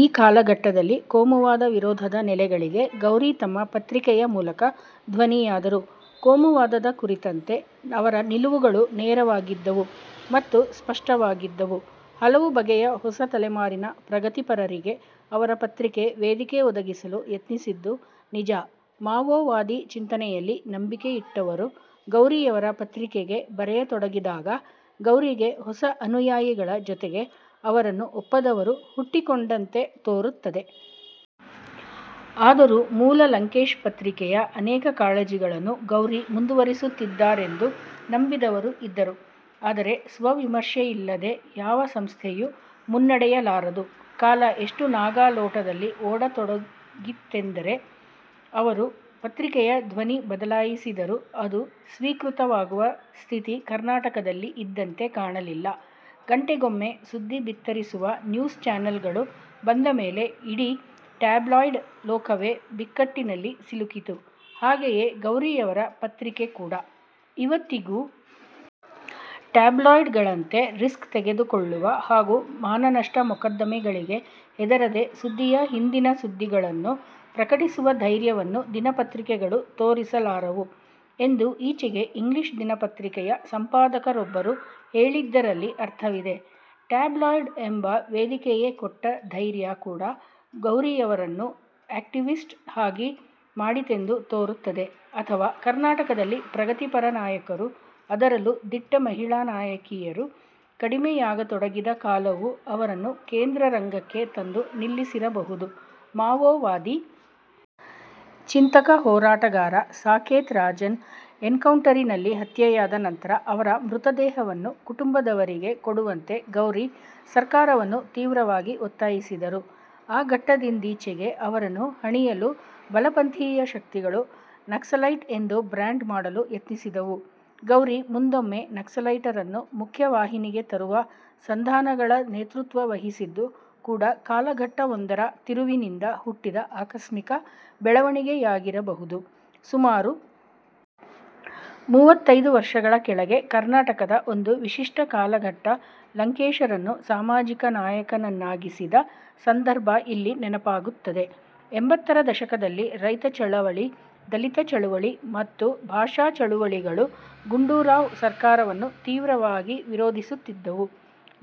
ಈ ಕಾಲಘಟ್ಟದಲ್ಲಿ ಕೋಮುವಾದ ವಿರೋಧದ ನೆಲೆಗಳಿಗೆ ಗೌರಿ ತಮ್ಮ ಪತ್ರಿಕೆಯ ಮೂಲಕ ಧ್ವನಿಯಾದರು. ಕೋಮುವಾದದ ಕುರಿತಂತೆ ಅವರ ನಿಲುವುಗಳು ನೇರವಾಗಿದ್ದವು ಮತ್ತು ಸ್ಪಷ್ಟವಾಗಿದ್ದವು. ಹಲವು ಬಗೆಯ ಹೊಸ ತಲೆಮಾರಿನ ಪ್ರಗತಿಪರರಿಗೆ ಅವರ ಪತ್ರಿಕೆ ವೇದಿಕೆ ಒದಗಿಸಲು ಯತ್ನಿಸಿದ್ದು ನಿಜ. ಮಾವೋವಾದಿ ಚಿಂತನೆಯಲ್ಲಿ ನಂಬಿಕೆಯಿಟ್ಟವರು ಗೌರಿಯವರ ಪತ್ರಿಕೆಗೆ ಬರೆಯತೊಡಗಿದಾಗ, ಗೌರಿಗೆ ಹೊಸ ಅನುಯಾಯಿಗಳ ಜೊತೆಗೆ ಅವರನ್ನು ಒಪ್ಪದವರೂ ಹುಟ್ಟಿಕೊಂಡಂತೆ ತೋರುತ್ತದೆ. ಆದರೂ ಮೂಲ 'ಲಂಕೇಶ್ ಪತ್ರಿಕೆ'ಯ ಅನೇಕ ಕಾಳಜಿಗಳನ್ನು ಗೌರಿ ಮುಂದುವರಿಸುತ್ತಿದ್ದಾರೆಂದು ನಂಬಿದವರೂ ಇದ್ದರು. ಆದರೆ ಸ್ವವಿಮರ್ಶೆಯಿಲ್ಲದೆ ಯಾವ ಸಂಸ್ಥೆಯೂ ಮುನ್ನಡೆಯಲಾರದು. ಕಾಲ ಎಷ್ಟು ನಾಗಾಲೋಟದಲ್ಲಿ ಓಡತೊಡಗಿತ್ತೆಂದರೆ, ಅವರು ಪತ್ರಿಕೆಯ ಧ್ವನಿ ಬದಲಾಯಿಸಿದರೂ ಅದು ಸ್ವೀಕೃತವಾಗುವ ಸ್ಥಿತಿ ಕರ್ನಾಟಕದಲ್ಲಿ ಇದ್ದಂತೆ ಕಾಣಲಿಲ್ಲ. ಗಂಟೆಗೊಮ್ಮೆ ಸುದ್ದಿ ಬಿತ್ತರಿಸುವ ನ್ಯೂಸ್ ಚಾನೆಲ್‌ಗಳು ಬಂದ ಮೇಲೆ ಇಡೀ ಟ್ಯಾಬ್ಲಾಯ್ಡ್ ಲೋಕವೇ ಬಿಕ್ಕಟ್ಟಿನಲ್ಲಿ ಸಿಲುಕಿತು; ಹಾಗೆಯೇ ಗೌರಿಯವರ ಪತ್ರಿಕೆ ಕೂಡ."ಇವತ್ತಿಗೂ ಟ್ಯಾಬ್ಲಾಯ್ಡ್‌ಗಳಂತೆ ರಿಸ್ಕ್ ತೆಗೆದುಕೊಳ್ಳುವ ಹಾಗೂ ಮಾನನಷ್ಟ ಮೊಕದ್ದಮೆಗಳಿಗೆ ಹೆದರದೆ ಸುದ್ದಿಯ ಹಿಂದಿನ ಸುದ್ದಿಗಳನ್ನು ಪ್ರಕಟಿಸುವ ಧೈರ್ಯವನ್ನು ದಿನಪತ್ರಿಕೆಗಳು ತೋರಿಸಲಾರವು" ಎಂದು ಈಚೆಗೆ ಇಂಗ್ಲಿಷ್ ದಿನಪತ್ರಿಕೆಯ ಸಂಪಾದಕರೊಬ್ಬರು ಹೇಳಿದ್ದರಲ್ಲಿ ಅರ್ಥವಿದೆ. ಟ್ಯಾಬ್ಲಾಯ್ಡ್ ಎಂಬ ವೇದಿಕೆಯೇ ಕೊಟ್ಟ ಧೈರ್ಯ ಕೂಡ ಗೌರಿಯವರನ್ನು ಆಕ್ಟಿವಿಸ್ಟ್ ಆಗಿ ಮಾಡಿತೆಂದು ತೋರುತ್ತದೆ. ಅಥವಾ ಕರ್ನಾಟಕದಲ್ಲಿ ಪ್ರಗತಿಪರ ನಾಯಕರು, ಅದರಲ್ಲೂ ದಿಟ್ಟ ಮಹಿಳಾ ನಾಯಕಿಯರು ಕಡಿಮೆಯಾಗತೊಡಗಿದ ಕಾಲವೂ ಅವರನ್ನು ಕೇಂದ್ರ ರಂಗಕ್ಕೆ ತಂದು ನಿಲ್ಲಿಸಿರಬಹುದು. ಮಾವೋವಾದಿ ಚಿಂತಕ-ಹೋರಾಟಗಾರ ಸಾಕೇತ್ ರಾಜನ್ ಎನ್‌ಕೌಂಟರಿನಲ್ಲಿ ಹತ್ಯೆಯಾದ ನಂತರ ಅವರ ಮೃತದೇಹವನ್ನು ಕುಟುಂಬದವರಿಗೆ ಕೊಡುವಂತೆ ಗೌರಿ ಸರ್ಕಾರವನ್ನು ತೀವ್ರವಾಗಿ ಒತ್ತಾಯಿಸಿದರು. ಆ ಘಟ್ಟದಿಂದೀಚೆಗೆ ಅವರನ್ನು ಹಣಿಯಲು ಬಲಪಂಥೀಯ ಶಕ್ತಿಗಳು 'ನಕ್ಸಲೈಟ್' ಎಂದು ಬ್ರ್ಯಾಂಡ್ ಮಾಡಲು ಯತ್ನಿಸಿದವು. ಗೌರಿ ಮುಂದೊಮ್ಮೆ ನಕ್ಸಲೈಟರನ್ನು ಮುಖ್ಯವಾಹಿನಿಗೆ ತರುವ ಸಂಧಾನಗಳ ನೇತೃತ್ವ ವಹಿಸಿದ್ದು ಕೂಡ ಕಾಲಘಟ್ಟವೊಂದರ ತಿರುವಿನಿಂದ ಹುಟ್ಟಿದ ಆಕಸ್ಮಿಕ ಬೆಳವಣಿಗೆಯಾಗಿರಬಹುದು. ಸುಮಾರು ಮೂವತ್ತೈದು ವರ್ಷಗಳ ಕೆಳಗೆ ಕರ್ನಾಟಕದ ಒಂದು ವಿಶಿಷ್ಟ ಕಾಲಘಟ್ಟ ಲಂಕೇಶರನ್ನು ಸಾಮಾಜಿಕ ನಾಯಕನ್ನಾಗಿಸಿದ ಸಂದರ್ಭ ಇಲ್ಲಿ ನೆನಪಾಗುತ್ತದೆ. ಎಂಬತ್ತರ ದಶಕದಲ್ಲಿ ರೈತ ಚಳವಳಿ, ದಲಿತ ಚಳವಳಿ ಮತ್ತು ಭಾಷಾ ಚಳವಳಿಗಳು ಗುಂಡೂರಾವ್ ಸರ್ಕಾರವನ್ನು ತೀವ್ರವಾಗಿ ವಿರೋಧಿಸುತ್ತಿದ್ದವು;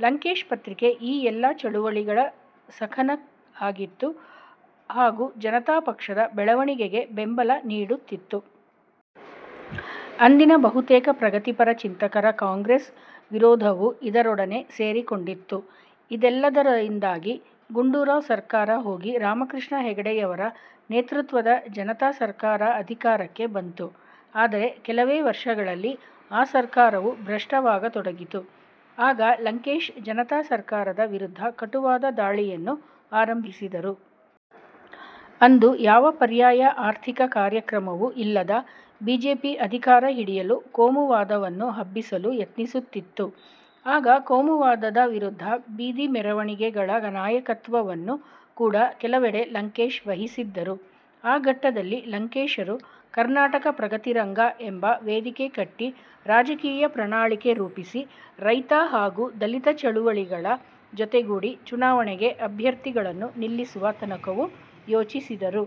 'ಲಂಕೇಶ್ ಪತ್ರಿಕೆ' ಈ ಎಲ್ಲಾ ಚಳವಳಿಗಳ ಸಖನಾಗಿತ್ತು ಹಾಗೂ ಜನತಾ ಪಕ್ಷದ ಬೆಳವಣಿಗೆಗೆ ಬೆಂಬಲ ನೀಡುತ್ತಿತ್ತು. ಅಂದಿನ ಬಹುತೇಕ ಪ್ರಗತಿಪರ ಚಿಂತಕರ ಕಾಂಗ್ರೆಸ್ ವಿರೋಧವೂ ಇದರೊಡನೆ ಸೇರಿಕೊಂಡಿತ್ತು. ಇದೆಲ್ಲದರಿಂದಾಗಿ ಗುಂಡೂರಾವ್ ಸರ್ಕಾರ ಹೋಗಿ, ರಾಮಕೃಷ್ಣ ಹೆಗಡೆಯವರ ನೇತೃತ್ವದ ಜನತಾ ಸರ್ಕಾರ ಅಧಿಕಾರಕ್ಕೆ ಬಂತು. ಆದರೆ ಕೆಲವೇ ವರ್ಷಗಳಲ್ಲಿ ಆ ಸರ್ಕಾರವೂ ಭ್ರಷ್ಟವಾಗತೊಡಗಿತು. ಆಗ ಲಂಕೇಶ್ ಜನತಾ ಸರ್ಕಾರದ ವಿರುದ್ಧ ಕಟುವಾದ ದಾಳಿಯನ್ನು ಆರಂಭಿಸಿದರು. ಅಂದು ಯಾವ ಪರ್ಯಾಯ ಆರ್ಥಿಕ ಕಾರ್ಯಕ್ರಮವೂ ಇಲ್ಲದ ಬಿಜೆಪಿ ಅಧಿಕಾರ ಹಿಡಿಯಲು ಕೋಮುವಾದವನ್ನು ಹಬ್ಬಿಸಲು ಯತ್ನಿಸುತ್ತಿತ್ತು. ಆಗ ಕೋಮುವಾದದ ವಿರುದ್ಧ ಬೀದಿ ಮೆರವಣಿಗೆಗಳ ನಾಯಕತ್ವವನ್ನು ಕೂಡ ಕೆಲವೆಡೆ ಲಂಕೇಶ್ ವಹಿಸಿದ್ದರು. ಆ ಘಟ್ಟದಲ್ಲಿ ಲಂಕೇಶರು 'ಕರ್ನಾಟಕ ಪ್ರಗತಿ ರಂಗ' ಎಂಬ ವೇದಿಕೆ ಕಟ್ಟಿ, ರಾಜಕೀಯ ಪ್ರಣಾಳಿಕೆ ರೂಪಿಸಿ, ರೈತ ಹಾಗೂ ದಲಿತ ಚಳವಳಿಗಳ ಜೊತೆಗೂಡಿ ಚುನಾವಣೆಗೆ ಅಭ್ಯರ್ಥಿಗಳನ್ನು ನಿಲ್ಲಿಸುವ ತನಕವೂ ಯೋಚಿಸಿದರು.